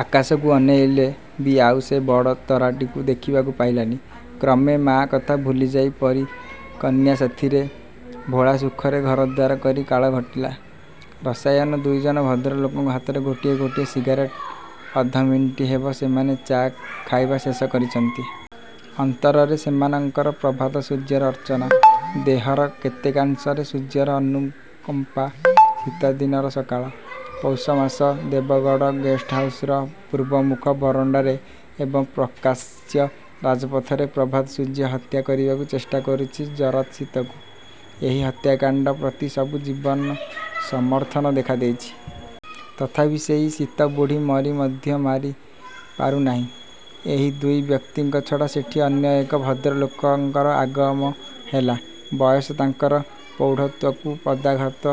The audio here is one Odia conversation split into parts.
ଆକାଶକୁ ଅନେଇଲେ ବି ଆଉ ସେ ବଡ଼ ତରାଟିକୁ ଦେଖିବାକୁ ପାଇଲାନି। କ୍ରମେ ମା କଥା ଭୁଲିଯାଇ ପରୀ କନ୍ୟା ସାଥିରେ ଭୋଳା ସୁଖରେ ଘରଦ୍ୱାର କରି କାଳ କଟିଲା। ରସାୟନ ଦୁଇଜଣ ଭଦ୍ରଲୋକଙ୍କ ହାତରେ ଗୋଟିଏ ଗୋଟିଏ ସିଗାରେଟ୍। ଅଧମିନିଟ୍ ହେବ ସେମାନେ ଚା' ଖାଇବା ଶେଷ କରିଛନ୍ତି। ଅନ୍ତରରେ ସେମାନଙ୍କର ପ୍ରଭାତ ସୂର୍ଯ୍ୟର ଅର୍ଚ୍ଚନା, ଦେହର କେତେକାଂଶରେ ସୂର୍ଯ୍ୟର ଅନୁକଂପା। ଶୀତଦିନର ସକାଳ। ପୌଷ ମାସ! ଦେବଗଡ଼ ଗେଷ୍ଟହାଉସର ପୂର୍ବମୁଖ ବରଣ୍ଡାରେ ଏବଂ ପ୍ରକାଶ୍ୟ ରାଜପଥରେ ପ୍ରଭାତ ସୂର୍ଯ୍ୟ ହତ୍ୟା କରିବାକୁ ଚେଷ୍ଟା କରୁଛି ଜରତା ଶୀତକୁ। ଏହି ହତ୍ୟାକାଣ୍ଡ ପ୍ରତି ସବୁ ଜୀବର ସମର୍ଥନ ଦେଖାଦେଇଛି। ତଥାପି ସେଇ ଶୀତବୁଢ଼ୀ ମରି ମଧ୍ୟ ମରି ପାରୁ ନାହିଁ। ଏହି ଦୁଇ ବ୍ୟକ୍ତିଙ୍କ ଛଡ଼ା ସେଠି ଅନ୍ୟ ଏକ ଭଦ୍ରଲୋକଙ୍କର ଆଗମ ହେଲା। ବୟସ ତାଙ୍କର ପ୍ରୌଢ଼ତ୍ଵକୁ ପଦାଘାତ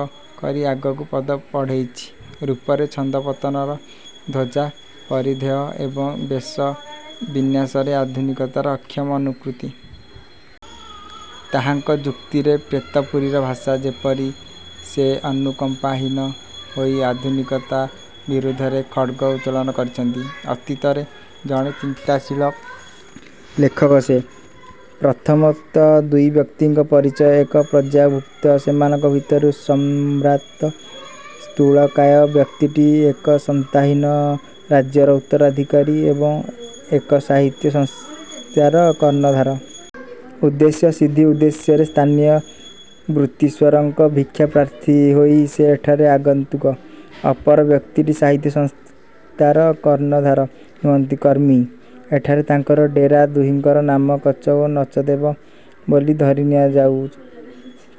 କରି ଆଗକୁ ପଦ ବଢ଼େଇଚି। ରୂପରେ ଛନ୍ଦପତନର ଧ୍ୱଜା। ପରିଧେୟ ଏବଂ ବେଶ ବିନ୍ୟାସରେ ଆଧୁନିକତାର ଅକ୍ଷମ ଅନୁକୃତି। ତାହାଙ୍କ ଯୁକ୍ତିରେ ପ୍ରେତପୁରୀର ଭାଷା। ଯେପରି ସେ ଅନୁକଂପାହୀନ ହୋଇ ଆଧୁନିକତା ବିରୁଦ୍ଧରେ ଖଡ଼୍ଗ ଉତ୍ତୋଳନ କରିଛନ୍ତି। ଅତୀତର ଜଣେ ଚିନ୍ତାଶୀଳ ଲେଖକ ସେ। ପ୍ରଥମୋକ୍ତ ଦୁଇବ୍ୟକ୍ତିଙ୍କ ପରିଚୟ ଏକ ପର୍ଯ୍ୟାୟଭୁକ୍ତ। ସେମାନଙ୍କ ଭିତରୁ ସମ୍ଭ୍ରାନ୍ତ ସ୍ଥୂଳକାୟ ବ୍ୟକ୍ତିଟି ଏକ ସତ୍ତାହୀନ ରାଜ୍ୟର ଉତ୍ତରାଧିକରୀ ଏବଂ ଏକ ସାହିତ୍ୟ-ସଂସ୍ଥାର କର୍ଣ୍ଣଧାର-। ଉଦ୍ଦେଶ୍ୟ ସିଦ୍ଧି ଉଦ୍ଦେଶ୍ୟରେ ସ୍ଥାନୀୟ ବୃତ୍ତୀଶ୍ୱରଙ୍କ ଭିକ୍ଷାପ୍ରାର୍ଥୀ ହୋଇ ସେ ଏଠାରେ ଆଗନ୍ତୁକ-। ଅପର ବ୍ୟକ୍ତିଟି ସାହିତ୍ୟ-ସଂସ୍ଥାର କର୍ଣ୍ଣ-ଧାର ନୁହଁନ୍ତି, କର୍ମୀ। ଏହିଠାରେ ତାଙ୍କର ଡେରା-। ଦୁହିଁଙ୍କର ନାମ କଚ ଓ ନଚଦେବ ବୋଲି ଧରିନିଆଯାଉ।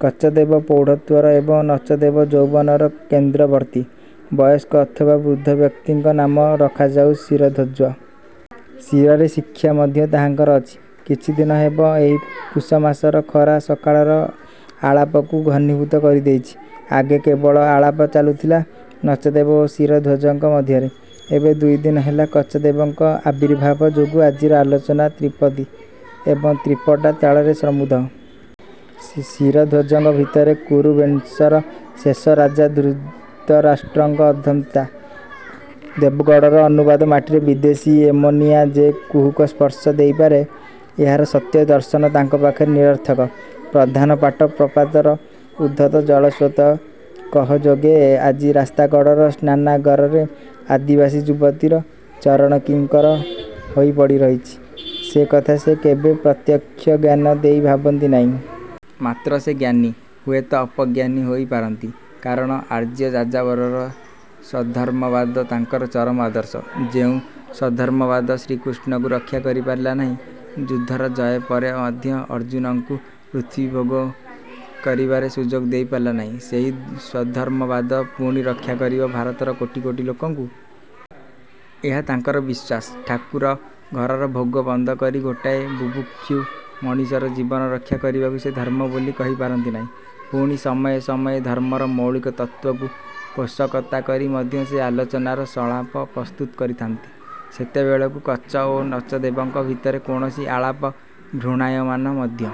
କଚଦେବ ପ୍ରୌଢ଼ତ୍ୱର ଏବଂ ନଚଦେବ ଯୌବନର କେନ୍ଦ୍ରବର୍ତ୍ତୀ। ବୟସ୍କ ଅଥବା ବୃଦ୍ଧ ବ୍ୟକ୍ତିଙ୍କ ନାମ ରଖାଯାଉ ଶିରଧ୍ୱଜ। ଶିରରେ ଶିଖା ମଧ୍ୟ ତାହାଙ୍କର ଅଛି। କିଛିଦିନ ହେବ ଏହି ପୁଷମାସର ଖରା ସକାଳର ଆଳାପକୁ ଘନୀଭୂତ କରି ଦେଇଛି। ଆଗେ କେବଳ ଆଳାପ ଚାଲୁଥିଲା ନଚଦେବ ଓ ଶିରଧ୍ୱଜଙ୍କ ମଧ୍ୟରେ। ଏବେ ଦୁଇଦିନ ହେଲା କଚଦେବଙ୍କ ଆବିର୍ଭାବ ଯୋଗୁ ଆଜିର ଆଲୋଚନା ତ୍ରିପଦୀ ଏବଂ ତ୍ରୀପଟା ତାଳରେ ସମୃଦ୍ଧ। ଶିରଧ୍ଵଜଙ୍କ ଭିତରେ କୁରୁବଂଶର ଶେଷ ରାଜା ଧୃତରାଷ୍ଟ୍ରଙ୍କ ଅନ୍ଧତା। ଦେବଗଡ଼ର ଅନୁବାଦ ମାଟିରେ ବିଦେଶୀ ଏମୋନିଆ ଯେ କୁହୁକ ସ୍ପର୍ଶ ଦେଇ ପାରେ ଏହାର ସତ୍ୟ ଦର୍ଶନ ତାଙ୍କ ପାଖରେ ନିରର୍ଥକ। ପ୍ରଧାନ ପାଟ ପ୍ରପାତର ଉଦ୍ଧତ ଜଳସ୍ରୋତ କହାଯୋଗେ ଆଜି ରାସ୍ତାକଡ଼ର ସ୍ନାନାଗାରରେ ଆଦିବାସୀ ଯୁବତୀର ଚରଣକିଙ୍କର ହୋଇ ପଡ଼ିରହିଛି ସେ କଥା ସେ କେବେ ପ୍ରତ୍ୟକ୍ଷ ଜ୍ଞାନ ଦେଇ ଭାବନ୍ତି ନାହିଁ। ମାତ୍ର ସେ ଜ୍ଞାନୀ। ହୁଏ ତ ଅପଜ୍ଞାନୀ ହୋଇ ପାରନ୍ତି-। କାରଣ, ଆର୍ଯ୍ୟ ଯାଯାବରର ସ୍ଵଧର୍ମବାଦ ତାଙ୍କର ଚରମ ଆଦର୍ଶ। ଯେଉଁ ସ୍ଵଧର୍ମବାଦ ଶ୍ରୀକୃଷ୍ଣଙ୍କୁ ରକ୍ଷା କରି ପାରିଲା ନାହିଁ, ଯୁଦ୍ଧର ଜୟ ପରେ ମଧ୍ୟ ଅର୍ଜୁନଙ୍କୁ ପୃଥିବୀ ଭୋଗ କରିବାର ସୁଯୋଗ ଦେଇ ପାରିଲା ନାହିଁ, ସେହି ସ୍ଵଧର୍ମବାଦ ପୁଣି ରକ୍ଷା କରିବ ଭାରତର କୋଟି କୋଟି ଲୋକଙ୍କୁ-। ଏହା ତାଙ୍କର ବିଶ୍ୱାସ।... ଠାକୁର ଘରର ଭୋଗ ବନ୍ଦ କରି ଗୋଟାଏ ବୁଭୁକ୍ଷୁ ମଣିଷର ଜୀବନ ରକ୍ଷା କରିବାକୁ ସେ ଧର୍ମ ବୋଲି କହି ପାରନ୍ତି ନାହିଁ। ପୁଣି ସମୟେ ସମୟେ ଧର୍ମର ମୌଳିକ ତତ୍ତ୍ଵକୁ ପୋଷକତା କରି ମଧ୍ୟ ସେ ଆଲୋଚନାର ସଂଳାପ ପ୍ରସ୍ତୁତ କରିଥାନ୍ତି। ସେତେବେଳକୁ କଚ ଓ ନଚଦେବଙ୍କ ଭିତରେ କୌଣସି ଆଳାପ ଭ୍ରୂଣାୟମାନ ମଧ୍ୟ